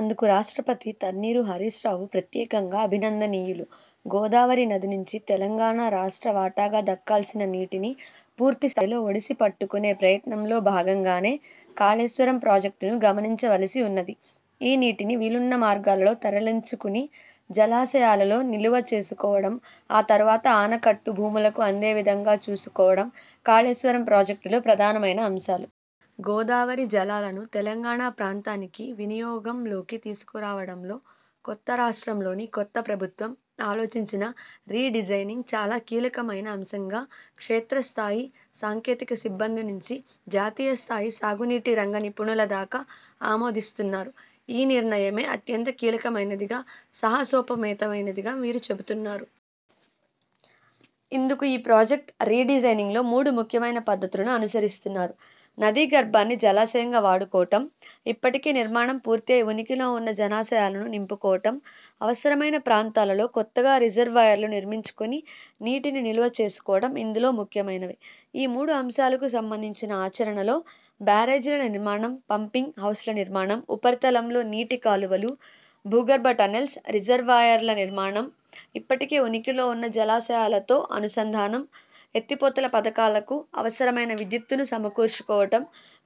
అందుకు రాష్ట్ర మంత్రి తన్నీరు హరీశ్రావు ప్రత్యేకంగా అభినందనీయులు. గోదావరి నది నుంచి తెలంగాణ రాష్ట్ర వాటాగా దక్కాల్సిన నీటిని పూర్తిస్థాయిలో ఒడిసి పట్టుకునే ప్రయత్నంలో భాగంగానే కాళేశ్వరం ప్రాజెక్టును గమనించవలసి ఉన్నది. ఈ నీటిని వీలున్న మార్గాలలో తరలించుకుని జలాశయాలలో నిలువ చేసుకోవడం, ఆ తర్వాత ఆయకట్టు భూములకు అందే విధంగా చూసుకోవడం కాళేశ్వరం ప్రాజెక్టులో ప్రధానమైన అంశాలు. గోదావరి జలాలను తెలంగాణ ప్రాంతానికి వినియోగంలోకి తీసుకురావడంలో కొత్త రాష్ట్రంలోని కొత్త ప్రభుత్వం ఆలోచించిన 'రీ-డిజైనింగ్' చాలా కీలకమైన అంశంగా క్షేత్రస్థాయి సాంకేతిక సిబ్బంది నుంచి జాతీయ స్థాయి సాగునీటి రంగ నిపుణుల దాకా ఆమోదిస్తున్నారు. ఈ నిర్ణయమే అత్యంత కీలకమైనదిగా, సాహసోపేతమైనదిగా వీరు చెబతున్నారు. ఇందుకు ఈ ప్రాజెక్టు రీ–డిజైనింగ్లో మూడు ముఖ్యమైన పద్ధతులను అనుసరిస్తున్నారు. నదీ గర్భాన్ని జలాశయంగా వాడుకోవడం, ఇప్పటికే నిర్మాణం పూర్తయి ఉనికిలో ఉన్న జలాశయాలను నింపుకోవడం, అవసరమైన ప్రాంతాలలో కొత్తగా రిజర్వాయర్లు నిర్మించుకుని నీటిని నిలువ చేసుకోవడం ఇందులో ముఖ్యమైనవి. ఈ మూడు అంశాలకు సంబంధించిన ఆచరణలో బ్యారేజీల నిర్మాణం, పంపింగ్ హౌజ్ల నిర్మాణం, ఉపరితలంలో నీటి కాలువలు, భూగర్భ టన్నెల్స్, రిజర్వాయర్ల నిర్మాణం, ఇప్పటికే ఉనికిలో ఉన్న జలాశయాలతో అనుసంధానం, ఎత్తిపోతల పథకాలకు అవసరమైన విద్యుత్తును సమకూర్చుకోవడం,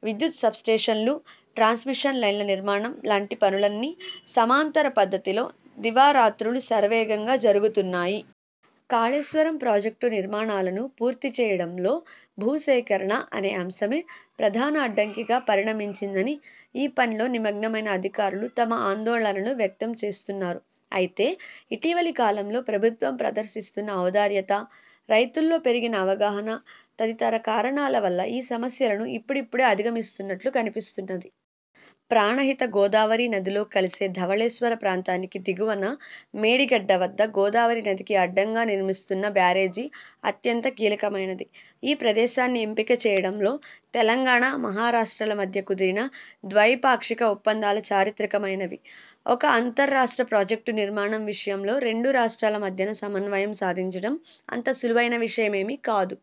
విద్యుత్ సబ్-స్టేషన్లు, ట్రాన్స్మిషన్ లైన్ల నిర్మాణం లాంటి పనులన్నీ సమాంతర పద్ధతిలో దివారాత్రులు శరవేగంగా జరుగుతున్నాయి. కాళేశ్వరం ప్రాజెక్టు నిర్మాణాలను పూర్తిచేయడంలో భూసేకరణ అనే అంశమే ప్రధాన అడ్డంకిగా పరిణమించిందని ఈ పనిలో నిమగ్నమైన అధికారులు తమ ఆందోళనలను వ్యక్తం చేస్తున్నారు. అయితే ఇటీవలి కాలంలో ప్రభుత్వం ప్రదర్శిస్తున్న ఔదార్యత, రైతుల్లో పెరిగిన అవగాహన తదితర కారణాల వల్ల ఈ సమస్యలను ఇప్పుడిప్పుడే అధిగమిస్తున్నట్లు కనిపిస్తున్నది. ప్రాణహిత గోదావరి నదిలో కలిసే కాళేశ్వర ప్రాంతానికి దిగువన మేడిగడ్డ వద్ద గోదావరి నదికి అడ్డంగా నిర్మిస్తున్న బ్యారేజీ అత్యంత కీలకమైనది. ఈ ప్రదేశాన్ని ఎంపిక చేయడంలో తెలంగాణ, మహారాష్ట్రల మధ్యన కుదిరిన ద్వైపాక్షిక ఒప్పందాలు చరిత్రాత్మకమైనవి. ఒక అంతర్రాష్ట్ర ప్రాజెక్టు నిర్మాణం విషయంలో రెండు రాష్ట్రాల మధ్యన సమన్వయం సాధించడం అంత సులువైన విషయమేమీ కాదు.